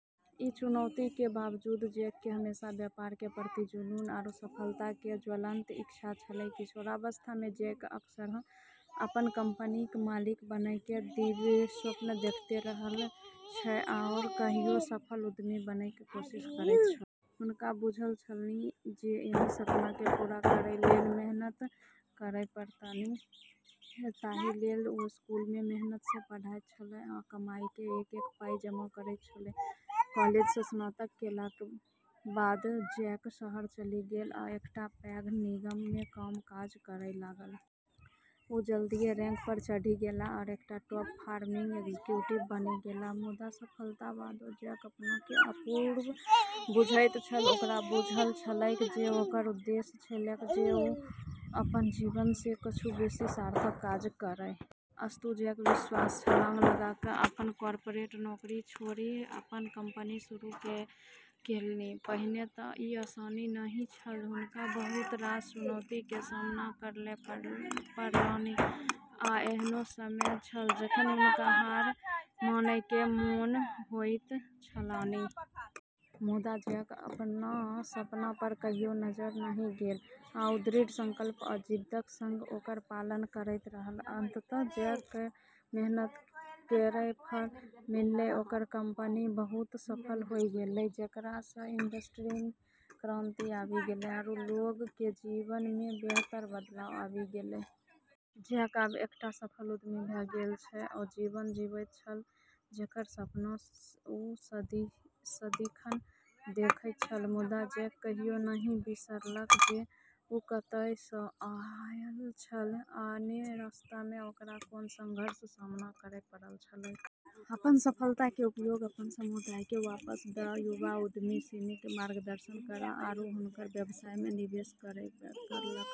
ई चुनौती के बावजूद जैक के हमेशा व्यापार के प्रति जुनून आरू सफलता के ज्वलंत इच्छा छेलै। किशोरावस्था मे जैक अक्सरहां अपन कंपनी के मालिक बनय के दिवास्वप्न देखैत छल आओर कहियो सफल उद्यमी बनय के कोशिश करैत छल. हुनका बुझल छलनि जे एहि सपना के पूरा करय लेल मेहनत करय पड़तनि, ताहि लेल ओ स्कूल मे मेहनत सं पढ़ैत छलाह आ कमाई के एक-एक पाइ जमा करैत छलाह. कॉलेज स स्नातक केलाक बाद जैक शहर चलि गेल आ एकटा पैघ निगम मे काज करय लागल। ओ जल्दीए रैंक पर चढ़ि गेलाह आ एकटा टॉप परफॉर्मिंग एग्जीक्यूटिव बनि गेलाह। मुदा, सफलताक बादो जैक अपना केँ अपूर्ण बुझैत छल ओकरा बुझल छलैक जे ओकर उद्देश्य छलैक जे ओ अपन जीवन सँ किछु बेसी सार्थक काज करय। अस्तु, जैक विश्वासक छलांग लगा क' अपन कॉर्पोरेट नौकरी छोड़ि अपन कंपनी शुरू केलनि. पहिने त' ई आसान नहि छल हुनका बहुत रास चुनौती के सामना करय पड़लनि, आ एहनो समय छल जखन हुनका हार मानय के मोन होइत छलनि. मुदा जैक अपन सपना पर कहियो नजरि नहि गेल, आ ओ दृढ़ संकल्प आ जिद्दक संग ओकर पालन करैत रहल। अंततः जैक केरऽ मेहनत केरऽ फल मिललै ओकरऽ कंपनी बहुत सफल होय गेलै, जेकरा स॑ इंडस्ट्री म॑ क्रांति आबी गेलै आरू लोगऽ के जीवन म॑ बेहतर बदलाव आबी गेलै। जैक आब एकटा सफल उद्यमी भ गेल छल, ओ जीवन जीबैत छल जेकर सपना ओ सदिखन देखैत छल। मुदा जैक कहियो नहि बिसरलक जे ओ कतय सँ आयल छल आ ने रस्ता मे ओकरा कोन संघर्षक सामना करय पड़ल छलैक। अपनऽ सफलता के उपयोग अपनऽ समुदाय क॑ वापस दै, युवा उद्यमी सिनी क॑ मार्गदर्शन करै आरू हुनकऽ व्यवसाय म॑ निवेश करै म॑ करलकै।